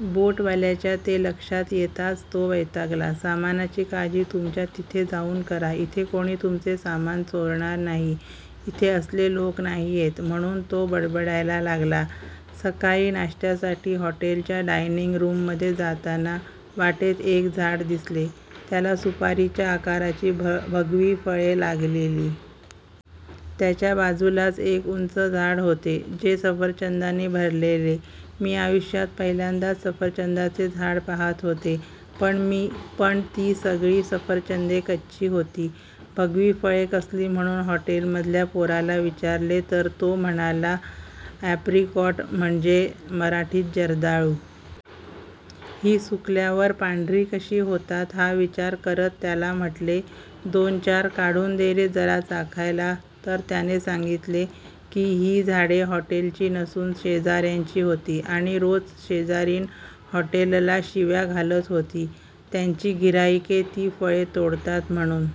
बोटवाल्याच्या ते लक्षात येताच तो वैतागला. 'सामानाची काळजी तुमच्या तिथे जाऊन करा, इथे कोणी तुमचे सामान चोरणार नाही, इथे तसले लोक नाहीयेत' म्हणुन तो बडबडायला लागला. सकाळी नाश्त्यासाठी हॉटेलच्या डायनिंग रुममध्ये जाताना वाटेत एक झाड दिसले ज्याला सुपारीच्या आकाराची भगवी फळे लागलेली. त्याच्या बाजुलाच एक उंच झाड होते जे सफरचंदानी भरलेले.. मी आयुष्यात पहिल्यांदाच सफरचंदाचे झाड पाहात होते. पण ती सगळी सफरचंदे कच्ची होती. भगवी फळे कसली म्हणुन हॉटेलमधल्या पोराला विचारले तर तो म्हणाला अॅप्रिकॉट म्हणजे मराठीत जर्दाळू. ही सुकल्यावर पांढरी कशी होतात हा विचार करत त्याला म्हटले दोनचार काढुन दे जरा चाखायला. तर त्याने सांगितले की ही झाडे हॉटेलची नसुन शेजा-याची होती आणि रोज शेजारीण हॉटेलला शिव्या घालत होती, त्यांची गि-हाईके तिची फळे तोडतात म्हणुन.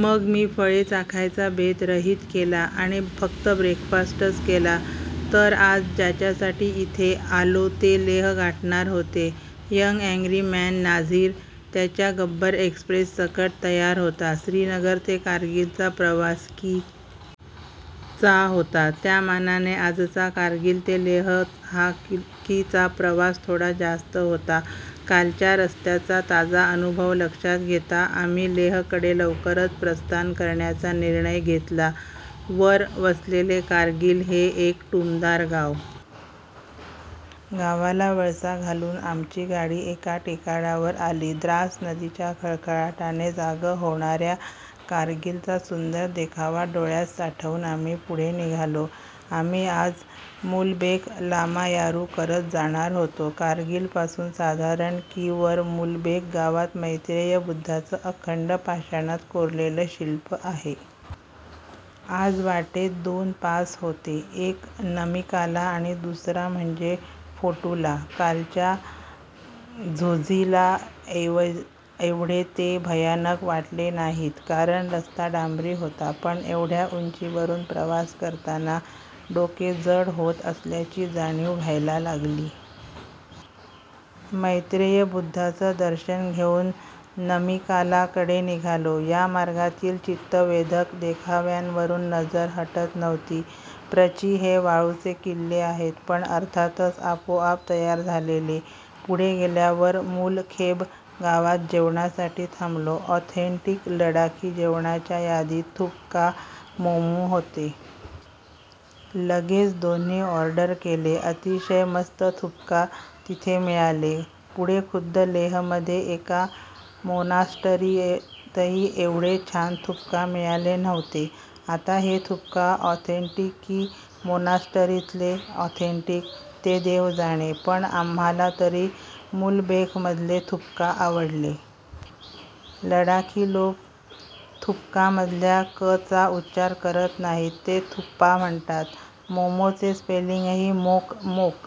मग मी फळे चाखायचा बेत रहित केला आणि फक्त ब्रेकफास्टच केला. तर आज ज्यासाठी इथे आलो ते लेह गाठणार होते. यंग अँग्री मॅन नाझिर त्याच्या गब्बर एक्प्रेससकट तयार होता. श्रीनगर ते कारगीलचा प्रवास कि. चा होता. त्या मानाने आजचा कारगील ते लेह हा कि. चा प्रवास थोडा जास्त होता. कालच्या रस्त्याचा ताजा अनुभव लक्षात घेता, आम्ही लेह कडे लवकर प्रस्थान करण्याचा निर्णय घेतला. वर वसलेल कारगील हे एक टुमदार गाव.. गावाला वळसा घालुन आमची गाडी एका टेकाडावर आली. द्रास नदीच्या खळखळाटाने जागं होणार्या कारगीलचा सुंदर देखावा डोळ्यात साठवुन आम्ही पुढे निघालो. आम्ही आज मुलबेख लामायारु करत जाणार होतो. कारगील पासून साधारण कि. वर मुलबेख गावात मैत्रेय बुद्धाच अखंड पाषाणात कोरललं शिल्प आहे. आज वाटेत दोन पास होते. एक नामिकाला आणि दुसरा म्हणजे फोटुला.. कालच्या झोझिलाएवढे ते भयानक वाटले नाहीत कारण रस्ता डांबरी होता. पण एवढ्या उंचीवरुन प्रवास करताना डोके जड होत असल्याची जाणिव व्हायला लागलेली. मैत्रेय बुद्धाच दर्शन घेऊन नमिकाला कडे निघालो. या मार्गातील चित्तवेधक देखाव्यांवरुन नजर हटत नव्हती. प्रचि हे वाळूचे किल्ले आहेत. पण अर्थातच आपोआप तयार झालेले. पुढे गेल्यावर मुलखेब गावात जेवणासाठी थांबलो. ऑथेंटिक लडाखी जेवणाच्या यादीत थुपका, मोमो होते. लगेच दोन्ही ऑर्डर केले. अतिशय मस्त थुप्का तिथे मिळाले. पुढे खुद्द लेहमध्ये एका मोनास्टरीतही एवढे छान थुपका मिळाले नव्हते. आता हे थुपका ऑथेंटिक की मोनास्टरीतले ऑथेंटिक ते देव जाणे पण आम्हाला तरी मुलबेखमधले थुप्का आवडले. लडाखी लोक थुपका मधल्या क चा उच्चार करत नाहीत. ते थुप्पा म्हणतात. मोमो चे स्पेलिंगही मोक मोक